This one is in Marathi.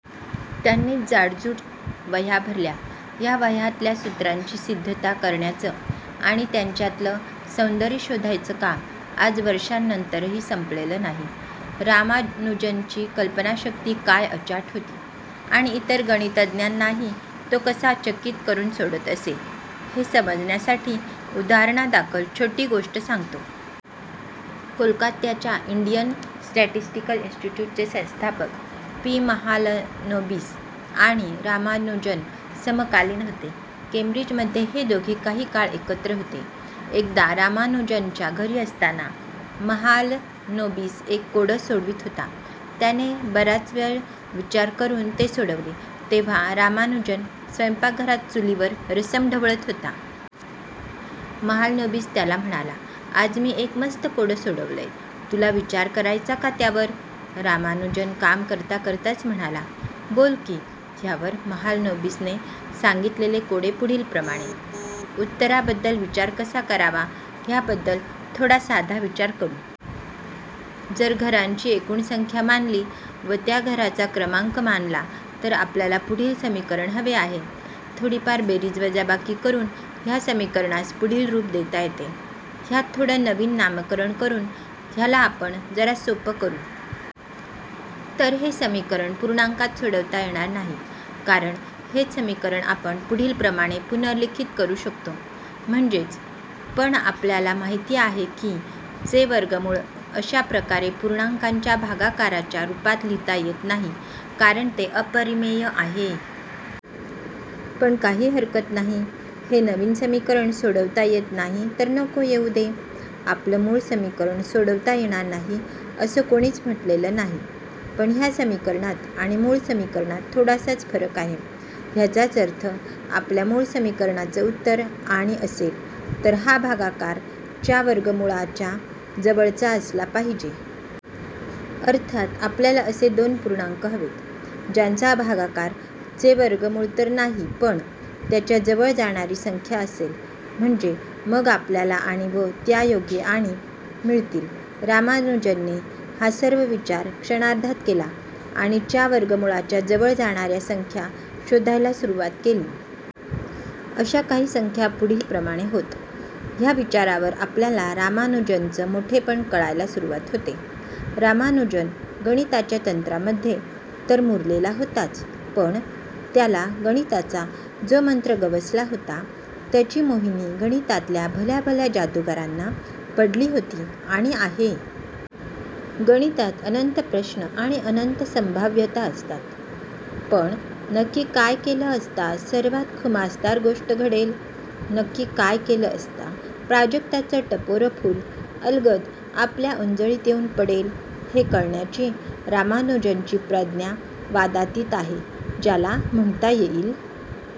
त्यांनीच जाडजूड वह्या भरल्या. ह्या वह्यांतल्या सूत्रांची सिद्धता करण्याचं आणि त्यांच्यातलं सौंदर्य शोधायचं काम आज वर्षांनंतरही संपलेलं नाही! रामानुजनची कल्पनाशक्ती काय अचाट होती, आणि इतर गणितज्ञांनाही तो कसा चकित करून सोडत असे, हे समजण्यासाठी उदाहरणादाखल छोटी गोष्ट सांगतो. कोलकात्याच्या इंडियन स्टॅटिस्टिकल इन्स्टिट्यूटचे संस्थापक पी. महालनोबिस आणि रामानुजन समकालीन होते. केंब्रिजमध्ये हे दोघे काही काळ एकत्र होते. एकदा रामानुजनच्या घरी असताना महालनोबिस एक कोडं सोडवत होता. त्याने बराच वेळ विचार करून ते सोडवले, तेव्हा रामानुजन स्वयंपाकघरात चुलीवर रसम ढवळत होता. महालनोबिस त्याला म्हणाला, "आज मी एक मस्त कोडं सोडवलंय. तुला विचार करायचा का त्यावर? " रामानुजन काम करता करताच म्हणाला, "बोल की! " ह्यावर महालनोबिसने सांगितलेले कोडे पुढीलप्रमाणे -उत्तराबद्दल विचार कसा करावा, ह्याबद्दल थोडा साधा विचार करू. –जर घरांची एकूण संख्या मानली, व त्या घराचा क्रमांक मानला, तर आपल्याला पुढील समीकरण हवे आहे -थोडीफार बेरीज-वजाबाकी करून ह्या समीकरणास पुढील रूप देता येते -ह्यात थोडं नवीन नामकरण करून ह्याला आपण जरा सोपं करू. तर हे समीकरण पूर्णांकांत सोडवता येणार नाही. कारण हेच समीकरण आपण पुढीलप्रमाणे पुनर्लिखित करू शकतो -म्हणजेच, पण आपल्याला माहिती आहे, की चे वर्गमूळ अश्या प्रकारे पूर्णांकांच्या भागाकाराच्या रूपात लिहिता येत नाही, कारण ते अपरिमेय आहे. पण काही हरकत नाही! हे नवीन समीकरण सोडवता येत नाही तर नको येऊ दे! आपलं मूळ समीकरण सोडवता येणार नाही, असं कोणीच म्हटलेलं नाही. पण ह्या समीकरणात आणि मूळ समीकरणात थोडासाच फरक आहे, ह्याचाच अर्थ आपल्या मूळ समीकरणाचं उत्तर आणि असेल, तर हा भागाकार च्या वर्गमूळाच्या जवळचा असला पाहिजे! अर्थात, आपल्याला असे दोन पूर्णांक हवेत, ज्यांचा भागाकार चे वर्गमूळ तर नाही, पण त्याच्या जवळ जाणारी संख्या असेल. म्हणजे मग आपल्याला आणि, व त्यायोगे आणि मिळतील. रामानुजनने हा सर्व विचार क्षणार्धात केला आणि च्या वर्गमूळाच्या जवळ जाणार्या संख्या शोधायला सुरवात केली. अश्या काही संख्या पुढीलप्रमाणे होत -, ह्या विचारावर आपल्याला रामानुजनचं मोठेपण कळायला सुरवात होते. रामानुजन गणिताच्या तंत्रामध्ये तर मुरलेला होताच, पण त्याला गणिताचा जो मंत्र गवसला होता, त्याची मोहिनी गणितातल्या भल्याभल्या जादूगारांना पडली होती आणि आहे. गणितात अनंत प्रश्न आणि अनंत संभाव्यता असतात, पण नक्की काय केलं असता सर्वात खुमासदार गोष्ट घडेल, नक्की काय केलं असता प्राजक्ताचं टपोरं फूल अलगद आपल्या ओंजळीत येऊन पडेल हे कळण्याची रामानुजनची प्रज्ञा वादातीत आहे. ज्याला '' म्हणता येईल,